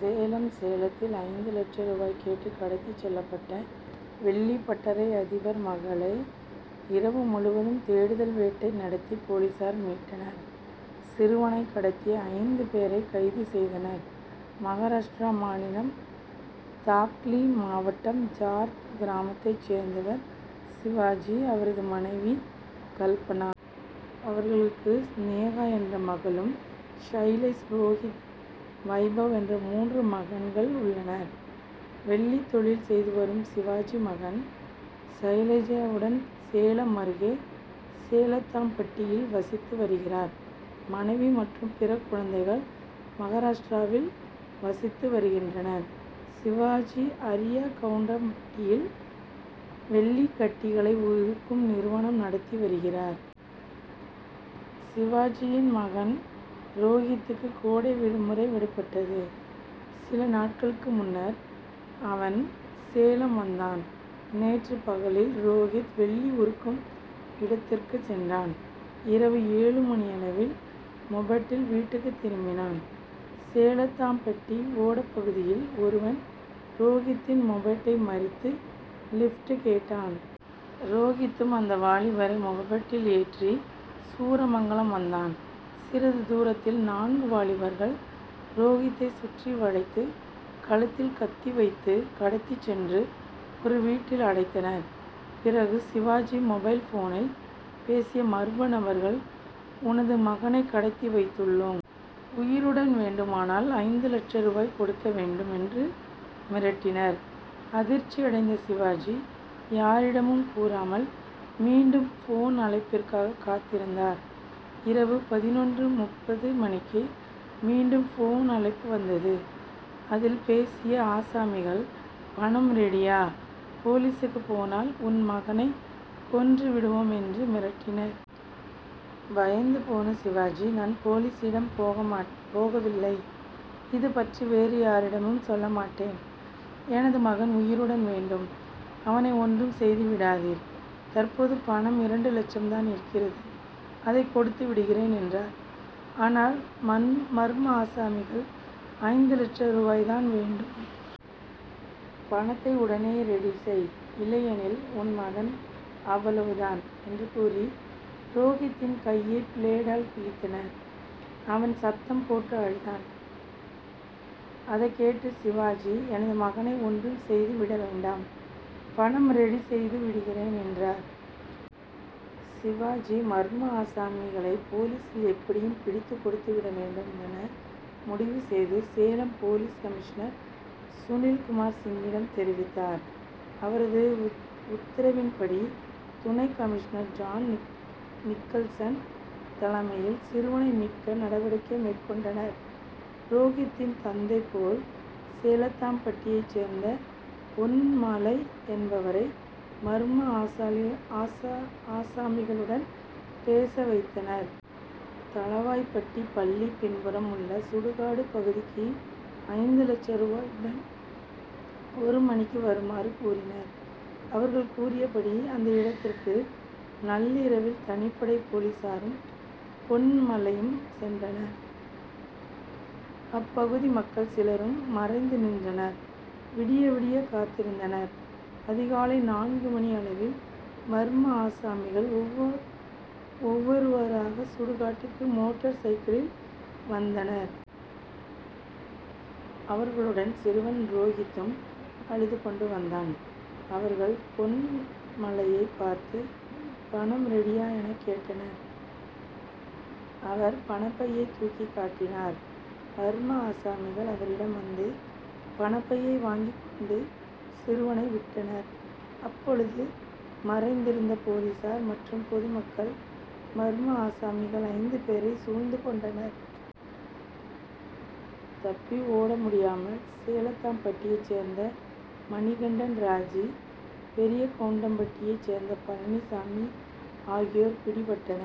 சேலம் சேலத்தில் ஐந்து லட்ச ரூபாய் கேட்டு கடத்திச் செல்லப்பட்ட வெள்ளிப்பட்டறை அதிபர் மகனை இரவு முழுவதும் தேடுதல் வேட்டை நடத்தி போலீசார் மீட்டனர். சிறுவனை கடத்திய ஐந்து பேரை கைது செய்தனர். மகாராஷ்டிரா மாநிலம் தாக்லி மாவட்டம் ஜார்த் கிராமத்தைச் சேர்ந்தவர் சிவாஜி. அவரது மனைவி கல்பனா. அவர்களுக்கு ஸ்நேகா என்ற மகளும் சைலேஷ் ரோகித் வைபவ் என்ற மூன்று மகன்கள் உள்ளனர். வெள்ளி தொழில் செய்து வரும் சிவாஜி மகன் சைலேஷுடன் சேலம் அருகே சேலத்தாம்பட்டியில் வசித்து வருகிறார். மனைவி மற்றும் பிற குழந்தைகள் மகாராஷ்டிராவில் வசித்து வருகின்றனர். சிவாஜி அரியாக்கவுண்டம்பட்டியில் வெள்ளிக்கட்டிகளை உருக்கும் நிறுவனம் நடத்தி வருகிறார். சிவாஜியின் மகன் ரோகித்துக்கு கோடை விடுமுறை விடப்பட்டது. சில நாட்களுக்கு முன்னர் அவன் சேலம் வந்தான். நேற்று பகலில் ரோகித் வெள்ளி உருக்கும் இடத்துக்கு சென்றான். இரவு ஏழு மணியளவில் மொபெட்டில் வீட்டுக்கு திரும்பினான். சேலத்தாம்பட்டி ஓடப்பகுதியில் ஒருவன் ரோகித்தின் மொபெட்டை மறித்து லிப்ட் கேட்டான். ரோகித்தும் அந்த வாலிபரை மொபெட்டில் ஏற்றி சூரமங்கலம் வந்தான். சிறிது தூரத்தில் நான்கு வாலிபர்கள் ரோகித்தைச் சுற்றி வளைத்து கழுத்தில் கத்தி வைத்து கடத்திச் சென்று ஒரு வீட்டில் அடைத்தனர். பிறகு சிவாஜி மொபைல் போனில் பேசிய மர்ம நபர்கள் உனது மகனை கடத்தி வைத்துள்ளோம். உயிருடன் வேண்டுமானால் ஐந்து லட்ச ரூபாய் கொடுக்க வேண்டும் என்று மிரட்டினர். அதிர்ச்சியடைந்த சிவாஜி யாரிடமும் கூறாமல் மீண்டும் போன் அழைப்பிற்காக காத்திருந்தார். இரவு பதினொன்று முப்பது மணிக்கு மீண்டும் போன் அழைப்பு வந்தது. அதில் பேசிய ஆசாமிகள் பணம் ரெடியா போலீசுக்கு போனால் உன் மகனை கொன்று விடுவோம் என்று மிரட்டினர். பயந்து போன சிவாஜி நான் போலீசிடம் போகவில்லை. இது பற்றி வேறு யாரிடமும் சொல்லமாட்டேன். எனது மகன் உயிருடன் வேண்டும் அவனை ஒன்றும் செய்து விடாதீர். தற்போது பணம் இரண்டு லட்சம் தான் இருக்கிறது அதை கொடுத்து விடுகிறேன் என்றார். ஆனால் மர்ம ஆசாமிகள் ஐந்து லட்ச ரூபாய் தான் வேண்டும். பணத்தை உடனே ரெடி செய். இல்லையெனில் உன் மகன் அவ்வளவு தான் என்று கூறி ரோகித்தின் கையை பிளேடால் கிழித்தனர். அவன் சத்தம் போட்டு அழுதான். அதை கேட்டு சிவாஜி எனது மகனை ஒன்றும் செய்து விட வேண்டாம் பணம் ரெடி செய்து விடுகிறேன் என்றார். சிவாஜி மர்ம ஆசாமிகளை போலீசில் எப்படியும் பிடித்து கொடுத்து விட வேண்டும் என முடிவு செய்து சேலம் போலீஸ் கமிஷனர் சுனில்குமார் சிங்கிடம் தெரிவித்தார். அவரது உத்தரவின்படி துணை கமிஷனர் ஜான் நிக்கல்சன் தலைமையில் சிறுவனை மீட்க நடவடிக்கை மேற்கொண்டனர். ரோகித்தின் தந்தை போல் சேலத்தாம்பட்டியைச் சேர்ந்த பொன்மலை என்பவரை மர்ம ஆசாமிகளுடன் பேச வைத்தனர். தளவாய்பட்டி பள்ளி பின்புறம் உள்ள சுடுகாடு பகுதிக்கு ஐந்து லட்ச ரூபாயுடன் ஒரு மணிக்கு வருமாறு கூறினர். அவர்கள் கூறியபடி அந்த இடத்திற்கு நள்ளிரவில் தனிப்படை போலீசாரும் பொன்மலையும் சென்றனர். அப்பகுதி மக்கள் சிலரும் மறைந்து நின்றனர். விடிய விடிய காத்திருந்தனர். அதிகாலை நான்கு மணி அளவில் மர்ம ஆசாமிகள் ஒவ்வொருவராக சுடுகாட்டுக்கு மோட்டார் சைக்கிளில் வந்தனர். அவர்களுடன் சிறுவன் ரோகித்தும் அழுது கொண்டு வந்தான். அவர்கள் பொன்மலையை பார்த்து பணம் ரெடியா என கேட்டனர். அவர் பணப்பையை தூக்கி காட்டினார். மர்ம ஆசாமிகள் அவரிடம் வந்து பணப்பையை வாங்கிக் கொண்டு சிறுவனை விட்டனர். அப்போது மறைந்திருந்த போலீசார் மற்றும் பொதுமக்கள் மர்ம ஆசாமிகள் ஐந்து பேரை சூழ்ந்து கொண்டனர். தப்பி ஓட முடியாமல் சேலத்தாம்பட்டியைச் சேர்ந்த மணிகண்டன் ராஜு பெரியகவுண்டம்பட்டியைச் சேர்ந்த பழனிசாமி ஆகியோர் பிடிபட்டனர்.